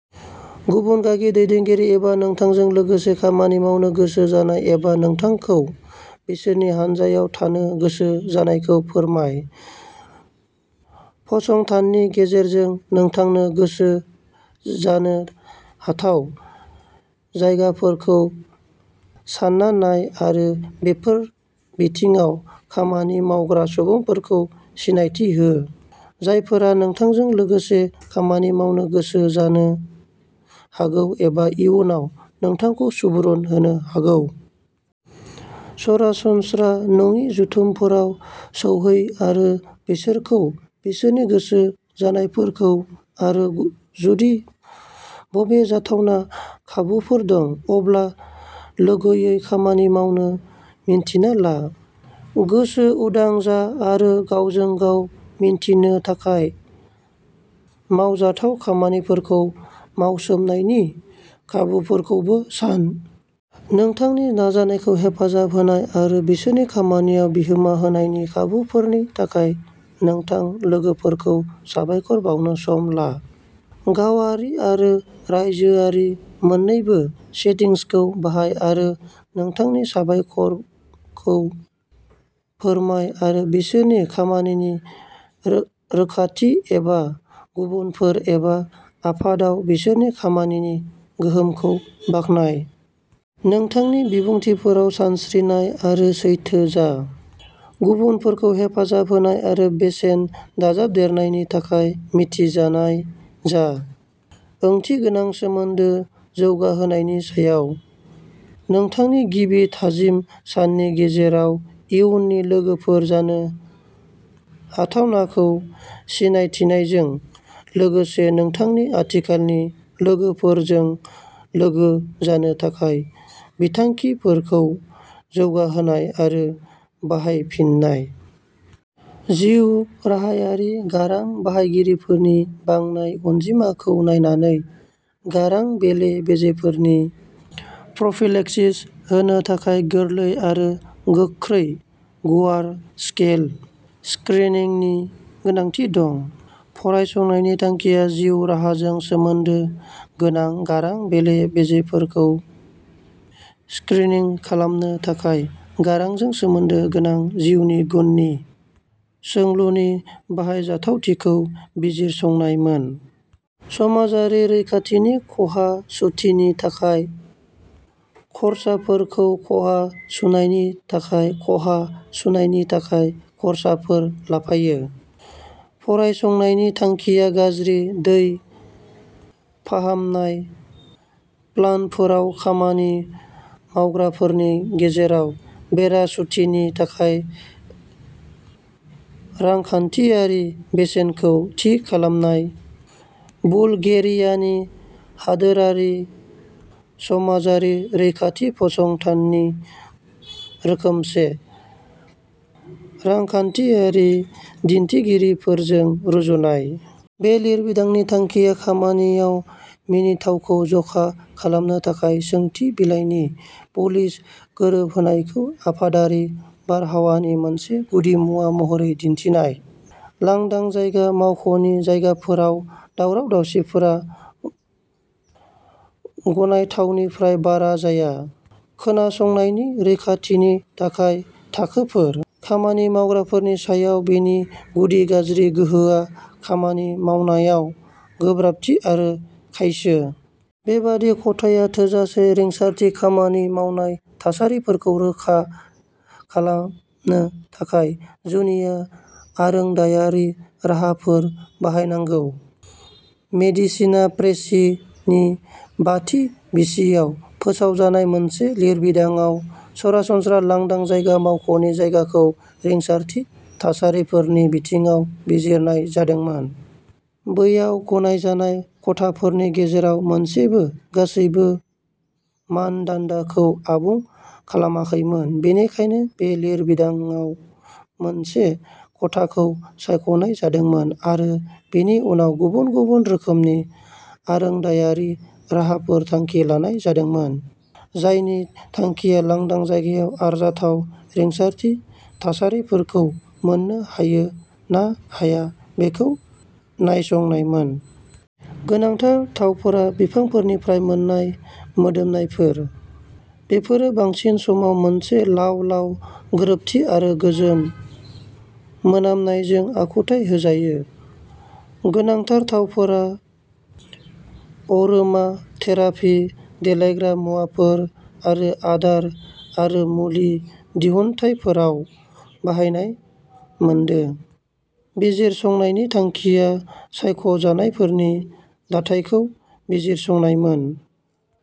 गुबुन गागि दैदेनगिरि एबा नोंथांजों लोगोसे खामानि मावनो गोसो जानाय एबा नोंथांखौ बिसोरनि हान्जायाव थानो गोसो जानायखौ फोरमाय। फसंथाननि गेजेरजों नोंथांनो गोसो जानो हाथाव जायगाफोरखौ सानना नाय आरो बेफोर बिथिङाव खामानि मावग्रा सुबुंफोरखौ सिनायथि हो, जायफोरा नोंथांजों लोगोसे खामानि मावनो गोसो जानो हागौ एबा इयुनाव नोंथांखौ सुबुरुन होनो हागौ। सरासनस्रा नङि जथुमफोराव सौहै आरो बिसोरखौ, बिसोरनि गोसो जानायफोरखौ आरो जुदि बबेबा जाथावना खाबुफोर दं, अब्ला लोगोयै खामानि मावनो मिन्थिना ला। गोसो उदां जा आरो गावजों गाव मिन्थिनो थाखाय मावजाथाव लामाफोरखौ मावसोमनायनि खाबुफोरखौबो सान। नोंथांनि नाजानायखौ हेफाजाब होनाय आरो बिसोरनि खामानियाव बिहोमा होनायनि खाबुफोरनि थाखाय नोंथां लोगोफोरखौ साबायखर बावनो सम ला। गावारि आरो रायजोआरि मोननैबो सेटिंसखौ बाहाय आरो नोंथांनि साबायखरखौ फोरमाय आरो बिसोरनि खामानिनि रोखाथि एबा गुबुनफोर एबा आफादआव बिसोरनि खामानिनि गोहोमखौ बाख्नाय। नोंथांनि बिबुंथिफोराव सानस्रिनाय आरो सैथो जा। गुबुनफोरखौ हेफाजाब होनाय आरो बेसेन दाजाबदेरनायनि थाखाय मिथिजानाय जा। ओंथिगोनां सोमोन्दो जौगाहोनायनि सायाव। नोंथांनि गिबि थामजि साननि गेजेराव, इयुननि लोगोफोर जानो हाथावनाखौ सिनायथिनायजों लोगोसे नोंथांनि आथिखालनि लोगोफोरजों लोगो जानो थाखाय बिथांखिफोरखौ जौगाहोनाय आरो बाहायफिननाय। जिउ राहायारि गारां बाहायगिरिफोरनि बांनाय अनजिमाखौ नायनानै, गारां बेले-बेजेफोरनि प्रफिलेक्सिस होनो थाखाय गोरलै आरो गोख्रै गुवार-स्केल स्क्रिनिंनि गोनांथि दं। फरायसंनायनि थांखिया जिउ राहाजों सोमोन्दो गोनां गारां बेले-बेजेफोरखौ स्क्रिनिं खालामनो थाखाय गारांजों सोमोन्दो गोनां जिउनि गुननि सोंलुनि बाहायजाथावथिखौ बिजिरसंनायमोन। समाजारि रैखाथिनि खहा सुथिनि थाखाय खर्साफोरखौ खहा सुनायनि थाखाय खहा सुनायनि थाखाय खर्साफोर लाफायो। फरायसंनायनि थांखिया गाज्रि दै फाहामनाय प्लान्टफोराव खामानि मावग्राफोरनि गेजेराव बेराम सुथिनि थाखाय रांखान्थियारि बेसेनखौ थि खालामनाय, बुलगेरियानि हादोरारि समाजारि रैखाथि फसंथाननि रोखोमसे रांखान्थियारि दिन्थिगिरिफोरजों रुजुननाय। बे लिरबिदांनि थांखिया खामानिआव मिनिथावखौ जखा खालामनो थाखाय सोंथि बिलाइनि पलिश गोरोबहोनायखौ आफादारि बारहावानि मोनसे गुदिमुवा महरै दिन्थिनाय। लांदां जायगा मावख'नि जायगाफोराव दावराव-दावसिफोरा गनायथावनिफ्राय बारा जाया। खोनासंनायनि रैखाथिनि थाखाय थाखोफोर। खामानि मावग्राफोरनि सायाव बेनि गुदि गाज्रि गोहोमआ खामानि मावनायाव गोब्राबथि आरो खायसो। बेबादि खथायाव थोजासे रिंसारथि खामानि मावनाय थासारिफोरखौ रोखा खालामनो थाखाय, जुनिया आरोंदायारि राहाफोरखौ बाहायनांगौ। "मेडिसिना प्रेसि" नि बाथि बिसियाव फोसावजानाय मोनसे लिरबिदांआव, सरासनस्रा लांदां जायगा मावख'नि जायगाखौ रिंसारथि थासारिफोरनि बिथिङाव बिजिरनाय जादोंमोन। बैयाव गनायजानाय खथाफोरनि गेजेराव मोनसेबो गासैबो मानदान्दाखौ आबुं खालामाखैमोन, बेनिखायनो बे लिरबिदांआव मोनसे खथाखौ सायख'नाय जादोंमोन आरो बेनि उनाव गुबुन गुबुन रोखोमनि आरोंदायारि राहाफोर थांखि लानाय जादोंमोन, जायनि थांखिया लांदां जायगायाव आरजाथाव रिंसारथि थासारिफोरखौ मोन्नो हायो ना हाया बेखौ नायसंनायमोन। गोनांथार थावफोरा बिफांफोरनिफ्राय मोन्नाय मोदोमनायफोर। बेफोरो बांसिन समाव मोनसे लाव-लाव गोरोबथि आरो गोजोन मोनामनायजों आखुथाइ होजायो। गोनांथार थावफोरा अरोमाथेरापि, देलायग्रा मुवाफोर आरो आदार आरो मुलि दिहुनथायफोराव बाहायनाय मोनदों। बिजिरसंनायनि थांखिया सायख'जानायफोरनि दाथायखौ बिजिरसंनायमोन।